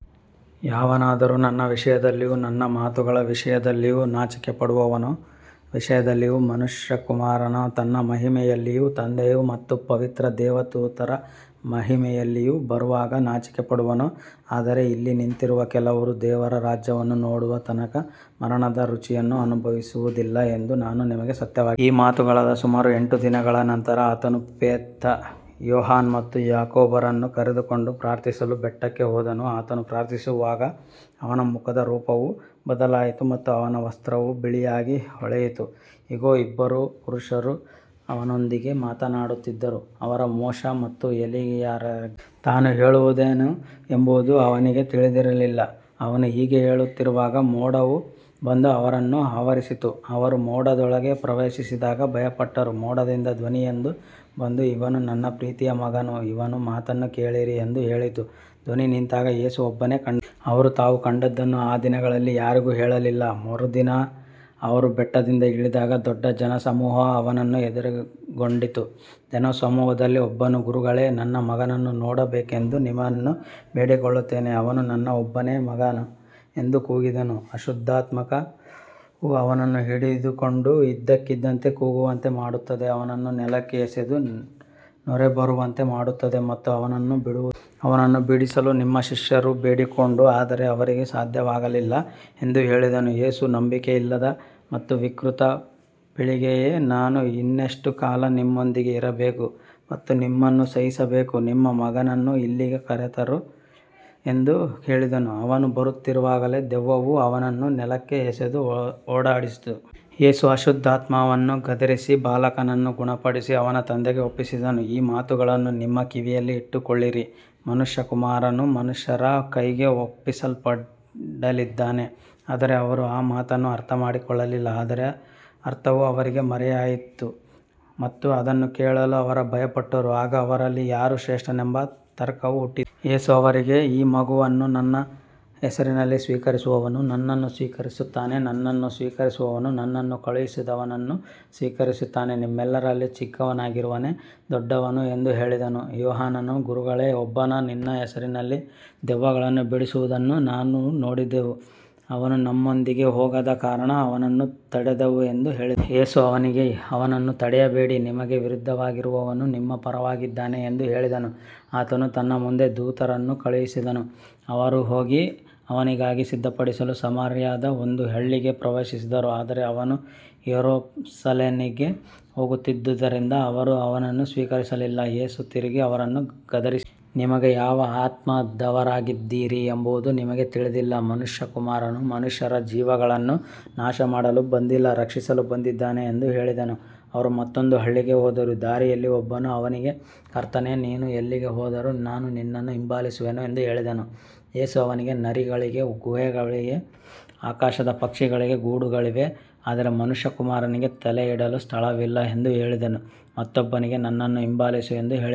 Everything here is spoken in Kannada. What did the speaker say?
ಯಾವನಾದರೂ ನನ್ನ ವಿಷಯದಲ್ಲಿಯೂ ನನ್ನ ಮಾತುಗಳ ವಿಷಯದಲ್ಲಿಯೂ ನಾಚಿಕೆಪಡುವವನು ವಿಷಯದಲ್ಲಿ ಮನುಷ್ಯಕುಮಾರನು ತನ್ನ ಮಹಿಮೆಯಲ್ಲಿಯೂ ತಂದೆಯ ಮತ್ತು ಪವಿತ್ರ ದೇವದೂತರ ಮಹಿಮೆಯಲ್ಲಿಯೂ ಬರುವಾಗ ನಾಚಿಕೆಪಡುವನು. ಆದರೆ ಇಲ್ಲಿ ನಿಂತಿರುವ ಕೆಲವರು ದೇವರ ರಾಜ್ಯವನ್ನು ನೋಡುವ ತನಕ ಮರಣದ ರುಚಿಯನ್ನು ಅನುಭವಿಸುವುದಿಲ್ಲ ಎಂದು ನಾನು ನಿಮಗೆ ಸತ್ಯವಾಗಿ. ಈ ಮಾತುಗಳಾದ ಸುಮಾರು ಎಂಟು ದಿನಗಳ ನಂತರ ಆತನು ಪೇತ್ರ, ಯೋಹಾನ ಮತ್ತು ಯಾಕೋಬರನ್ನು ಕರೆದುಕೊಂಡು ಪ್ರಾರ್ಥಿಸಲು ಬೆಟ್ಟಕ್ಕೆ ಹೋದನು. ಆತನು ಪ್ರಾರ್ಥಿಸುತ್ತಿರುವಾಗ ಅವನ ಮುಖದ ರೂಪವು ಬದಲಾಯಿತು ಮತ್ತು ಅವನ ವಸ್ತ್ರವು ಬಿಳಿಯಾಗಿ ಹೊಳೆಯಿತು. ಇಗೋ, ಇಬ್ಬರು ಪುರುಷರು ಅವನೊಂದಿಗೆ ಮಾತನಾಡುತ್ತಿದ್ದರು. ಅವರು ಮೋಶ ಮತ್ತು ಎಲೀಯರ ತಾನು ಹೇಳುವುದೇನು ಎಂಬುದು ಅವನಿಗೆ ತಿಳಿದಿರಲಿಲ್ಲ. ಅವನು ಹೀಗೆ ಹೇಳುತ್ತಿರುವಾಗ ಮೋಡವು ಬಂದು ಅವರನ್ನು ಆವರಿಸಿತು. ಅವರು ಮೋಡದೊಳಗೆ ಪ್ರವೇಶಿಸಿದಾಗ ಭಯಪಟ್ಟರು. ಮೋಡದಿಂದ ಧ್ವನಿಯೊಂದು ಬಂದು, ಇವನು ನನ್ನ ಪ್ರೀತಿಯ ಮಗನು, ಇವನ ಮಾತನ್ನು ಕೇಳಿರಿ ಎಂದು ಹೇಳಿತು. ಧ್ವನಿ ನಿಂತಾಗ ಯೇಸು ಒಬ್ಬನೇ ಕಂಡ. ಅವರು ತಾವು ಕಂಡದ್ದನ್ನು ಆ ದಿನಗಳಲ್ಲಿ ಯಾರಿಗೂ ಹೇಳಲಿಲ್ಲ. ಮರುದಿನ ಅವರು ಬೆಟ್ಟದಿಂದ ಇಳಿದಾಗ ದೊಡ್ಡ ಜನಸಮೂಹವು ಅವನನ್ನು ಎದುರುಗೊಂಡಿತು. ಜನಸಮೂಹದಲ್ಲಿದ್ದ ಒಬ್ಬನು, ಗುರುಗಳೇ, ನನ್ನ ಮಗನನ್ನು ನೋಡಬೇಕೆಂದು ನಿಮ್ಮನ್ನು ಬೇಡಿಕೊಳ್ಳುತ್ತೇನೆ, ಅವನು ನನ್ನ ಒಬ್ಬನೇ ಮಗನು ಎಂದು ಕೂಗಿದನು. ಅಶುದ್ಧಾತ್ಮವು ಅವನನ್ನು ಹಿಡಿದುಕೊಂಡು ಇದ್ದಕ್ಕಿದ್ದಂತೆ ಕೂಗುವಂತೆ ಮಾಡುತ್ತದೆ, ಅವನನ್ನು ನೆಲಕ್ಕೆ ಎಸೆದು ನೊರೆಬರುವಂತೆ ಮಾಡುತ್ತದೆ ಮತ್ತು ಅವನನ್ನು ಬಿಡುವು. ಅವನನ್ನು ಬಿಡಿಸಲು ನಿಮ್ಮ ಶಿಷ್ಯರನ್ನು ಬೇಡಿಕೊಂಡೆ, ಆದರೆ ಅವರಿಗೆ ಸಾಧ್ಯವಾಗಲಿಲ್ಲ ಎಂದು ಹೇಳಿದನು. ಯೇಸು, ನಂಬಿಕೆಯಿಲ್ಲದ ಮತ್ತು ವಿಕೃತ ಪೀಳಿಗೆಯೇ, ನಾನು ಇನ್ನೆಷ್ಟು ಕಾಲ ನಿಮ್ಮೊಂದಿಗೆ ಇರಬೇಕು ಮತ್ತು ನಿಮ್ಮನ್ನು ಸಹಿಸಬೇಕು? ನಿನ್ನ ಮಗನನ್ನು ಇಲ್ಲಿಗೆ ಕರೆತರು ಎಂದು ಹೇಳಿದನು. ಅವನು ಬರುತ್ತಿರುವಾಗಲೇ ದೆವ್ವವು ಅವನನ್ನು ನೆಲಕ್ಕೆ ಎಸೆದು ಒಡಾಡಿಸಿತು. ಯೇಸು ಅಶುದ್ಧಾತ್ಮವನ್ನು ಗದರಿಸಿ ಬಾಲಕನನ್ನು ಗುಣಪಡಿಸಿ ಅವನ ತಂದೆಗೆ ಒಪ್ಪಿಸಿದನು. ಈ ಮಾತುಗಳನ್ನು ನಿಮ್ಮ ಕಿವಿಯಲ್ಲಿ ಇಟ್ಟುಕೊಳ್ಳಿರಿ, ಮನುಷ್ಯಕುಮಾರನು ಮನುಷ್ಯರ ಕೈಗೆ ಒಪ್ಪಿಸಲ್ಪಡಲಿದ್ದಾನೆ. ಆದರೆ ಅವರು ಆ ಮಾತನ್ನು ಅರ್ಥಮಾಡಿಕೊಳ್ಳಲಿಲ್ಲ. ಅದರ ಅರ್ಥವು ಅವರಿಗೆ ಮರೆಯಾಗಿತ್ತು ಮತ್ತು ಅದನ್ನು ಕೇಳಲು ಅವರು ಭಯಪಟ್ಟರು. ಆಗ ಅವರಲ್ಲಿ ಯಾರು ಶ್ರೇಷ್ಠನೆಂಬ ತರ್ಕವು ಹುಟ್ಟ. ಯೇಸು ಅವರಿಗೆ, ಈ ಮಗುವನ್ನು ನನ್ನ ಹೆಸರಿನಲ್ಲಿ ಸ್ವೀಕರಿಸುವವನು ನನ್ನನ್ನು ಸ್ವೀಕರಿಸುತ್ತಾನೆ, ನನ್ನನ್ನು ಸ್ವೀಕರಿಸುವವನು ನನ್ನನ್ನು ಕಳುಹಿಸಿದವನನ್ನು ಸ್ವೀಕರಿಸುತ್ತಾನೆ. ನಿಮ್ಮೆಲ್ಲರಲ್ಲಿ ಚಿಕ್ಕವನಾಗಿರುವವನೇ ದೊಡ್ಡವನು ಎಂದು ಹೇಳಿದನು. ಯೋಹಾನನು, ಗುರುಗಳೇ, ಒಬ್ಬನು ನಿನ್ನ ಹೆಸರಿನಲ್ಲಿ ದೆವ್ವಗಳನ್ನು ಬಿಡಿಸುವುದನ್ನು ನಾವು ನೋಡಿದೆವು. ಅವನು ನಮ್ಮೊಂದಿಗೆ ಹೋಗದ ಕಾರಣ ಅವನನ್ನು ತಡೆದೆವು ಎಂದು ಹೇಳಿ. ಯೇಸು ಅವನಿಗೆ, ಅವನನ್ನು ತಡೆಯಬೇಡಿ, ನಿಮಗೆ ವಿರುದ್ಧವಾಗಿರದವನು ನಿಮ್ಮ ಪರವಾಗಿದ್ದಾನೆ ಎಂದು ಹೇಳಿದನು. ಆತನು ತನ್ನ ಮುಂದೆ ದೂತರನ್ನು ಕಳುಹಿಸಿದನು. ಅವರು ಹೋಗಿ ಅವನಿಗಾಗಿ ಸಿದ್ಧಪಡಿಸಲು ಸಮಾರ್ಯದ ಒಂದು ಹಳ್ಳಿಗೆ ಪ್ರವೇಶಿಸಿದರು. ಆದರೆ ಅವನು ಯೆರೂಸಲೇಮಿಗೆ ಹೋಗುತ್ತಿದ್ದುದರಿಂದ ಅವರು ಅವನನ್ನು ಸ್ವೀಕರಿಸಲಿಲ್ಲ. ಯೇಸು ತಿರುಗಿ ಅವರನ್ನು ಗದರಿಸಿ ನಿಮಗೆ ಯಾವ ಆತ್ಮದವರಾಗಿದ್ದೀರಿ ಎಂಬುದು ನಿಮಗೆ ತಿಳಿದಿಲ್ಲ. ಮನುಷ್ಯಕುಮಾರನು ಮನುಷ್ಯರ ಜೀವಗಳನ್ನು ನಾಶಮಾಡಲು ಬಂದಿಲ್ಲ, ರಕ್ಷಿಸಲು ಬಂದಿದ್ದಾನೆ ಎಂದು ಹೇಳಿದನು. ಅವರು ಮತ್ತೊಂದು ಹಳ್ಳಿಗೆ ಹೋದರು. ದಾರಿಯಲ್ಲಿ ಒಬ್ಬನು ಅವನಿಗೆ, ಕರ್ತನೇ, ನೀನು ಎಲ್ಲಿಗೆ ಹೋದರೂ ನಾನು ನಿನ್ನನ್ನು ಹಿಂಬಾಲಿಸುವೆನು ಎಂದು ಹೇಳಿದನು. ಯೇಸು ಅವನಿಗೆ, ನರಿಗಳಿಗೆ ಗುಹೆಗಳಿವೆ, ಆಕಾಶದ ಪಕ್ಷಿಗಳಿಗೆ ಗೂಡುಗಳಿವೆ, ಆದರೆ ಮನುಷ್ಯಕುಮಾರನಿಗೆ ತಲೆಯಿಡಲು ಸ್ಥಳವಿಲ್ಲ ಎಂದು ಹೇಳಿದನು. ಮತ್ತೊಬ್ಬನಿಗೆ, ನನ್ನನ್ನು ಹಿಂಬಾಲಿಸು ಎಂದು ಹೇಳಿ.